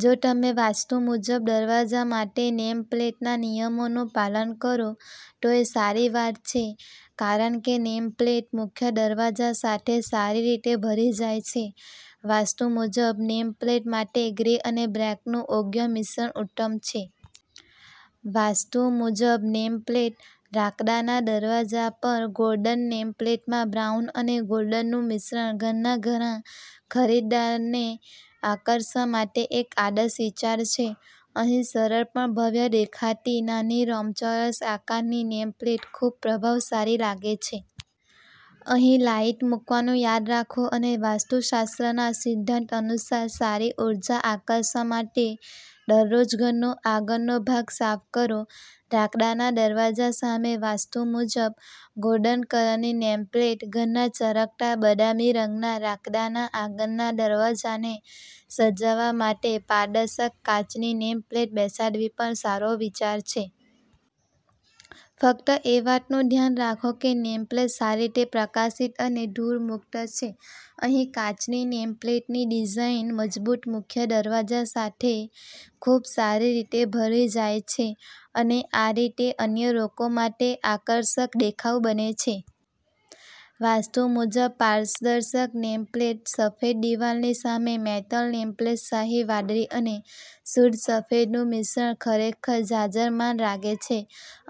જો તમે વાસ્તુ મુજબ દરવાજા માટે નેમ પ્લેટના નિયમોનું પાલન કરો તો એ સારી વાત છે કારણ કે નેમપ્લેટ મુખ્ય દરવાજા સાથે સારી રીતે ભળી જાય છે. વાસ્તુ મુજબ નેમ પ્લેટ માટે ગ્રે અને બ્લેકનું યોગ્ય મિશ્રણ ઉત્તમ છે. વાસ્તુ મુજબ નેમ પ્લેટઃ લાકડાના દરવાજા પર ગોલ્ડન નેમ પ્લેટમાં બ્રાઉન અને ગોલ્ડનનું મિશ્રણ ઘરના ઘણા ખરીદદારોને આકર્ષવા માટે એક આદર્શ વિચાર છે. અહીં સરળ પણ ભવ્ય દેખાતી નાની લંબચોરસ આકારની નેમ પ્લેટ ખૂબ પ્રભાવશાળી લાગે છે. અહીં લાઇટ મૂકવાનું યાદ રાખો અને વાસ્તુશાસ્ત્રના સિદ્ધાંત અનુસાર સારી ઉર્જા આકર્ષવા માટે દરરોજ ઘરનો આગળનો ભાગ સાફ કરો. લાકડાના દરવાજા સામે વાસ્તુ મુજબ ગોલ્ડન કલરની નેમ પ્લેટ: ઘરના ચળકતા બદામી રંગના લાકડાના આગળના દરવાજાને સજાવવા માટે પારદર્શક કાચની નેમ પ્લેટ બેસાડવી પણ સારો વિચાર છે. ફક્ત એ વાતનું ધ્યાન રાખો કે નેમપ્લેટ સારી રીતે પ્રકાશિત અને ધૂળ મુક્ત છે. અહીં કાચની નેમ પ્લેટની ડિઝાઇન મજબૂત મુખ્ય દરવાજા સાથે ખૂબ સારી રીતે ભળી જાય છે અને આ રીતે અન્ય લોકો માટે આકર્ષક દેખાવ બને છે. વાસ્તુ મુજબ પારદર્શક નેમ પ્લેટ: સફેદ દિવાલની સામે મેટલ નેમ પ્લેટ શાહી વાદળી અને શુદ્ધ સફેદનું મિશ્રણ ખરેખર જાજરમાન લાગે છે.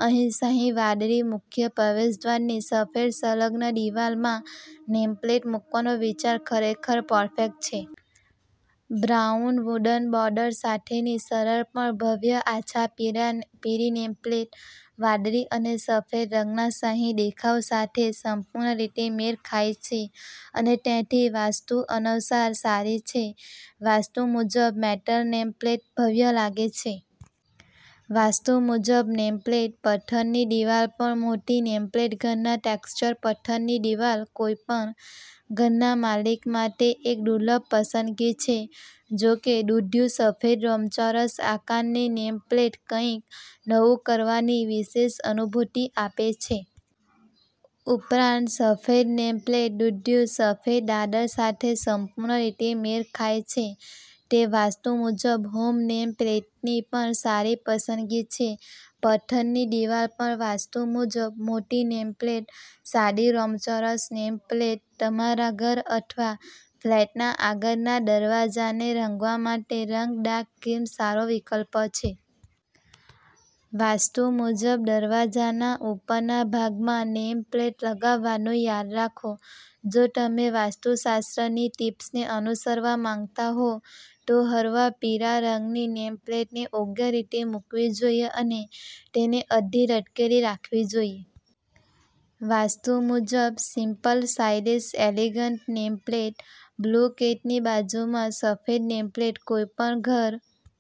અહીં શાહી વાદળી મુખ્ય પ્રવેશદ્વારની સફેદ સંલગ્ન દિવાલમાં નેમ પ્લેટ મૂકવાનો વિચાર ખરેખર પરફેક્ટ છે. બ્રાઉન વુડન બોર્ડર સાથેની સરળ પણ ભવ્ય આછા પીળી નેમ પ્લેટ વાદળી અને સફેદ રંગનાશાહી દેખાવ સાથે સંપૂર્ણ રીતે મેળ ખાય છે અને તેથી વાસ્તુ અનુસાર સારી છે. વાસ્તુ મુજબ મેટલ નેમ પ્લેટ ભવ્ય લાગે છે! વાસ્તુ મુજબ નેમ પ્લેટઃ પથ્થરની દિવાલ પર મોટી નેમ પ્લેટ ઘરના ટેક્ષ્ચર પથ્થરની દિવાલ કોઈપણ ઘરના માલિક માટે એક દુર્લભ પસંદગી છે. જો કે, દૂધિયું સફેદ લંબચોરસ આકારની નેમ પ્લેટ કંઈક નવું કરવાની વિશેષ અનુભૂતિ આપે છે. ઉપરાંત, સફેદ નેમ પ્લેટ દૂધિયું સફેદ દાદર સાથે સંપૂર્ણ રીતે મેળ ખાય છે. તે વાસ્તુ મુજબ હોમ નેમ પ્લેટની પણ સારી પસંદગી છે. પથ્થરની દિવાલ પર વાસ્તુ મુજબ મોટી નેમ પ્લેટ: સાદી લંબચોરસ નેમ પ્લેટ તમારા ઘર અથવા ફ્લેટના આગળના દરવાજાને રંગવા માટે રંગ ડાર્ક ક્રીમ સારો વિકલ્પ છે. વાસ્તુ મુજબ દરવાજાના ઉપરના ભાગમાં નેમ પ્લેટ લગાવવાનું યાદ રાખો. જો તમે વાસ્તુશાસ્ત્રની ટીપ્સને અનુસરવા માંગતા હો તો હળવા પીળા રંગની નેમ પ્લેટને યોગ્ય રીતે મૂકવી જોઈએ અને તેને અડધી લટકેલી રાખવી જોઈએ. વાસ્તુ મુજબ સિમ્પલ-સ્ટાઈલિશ-એલિગન્ટ નેમ પ્લેટ: બ્લુ ગેટની બાજુમાં સફેદ નેમ પ્લેટ કોઈપણ ઘર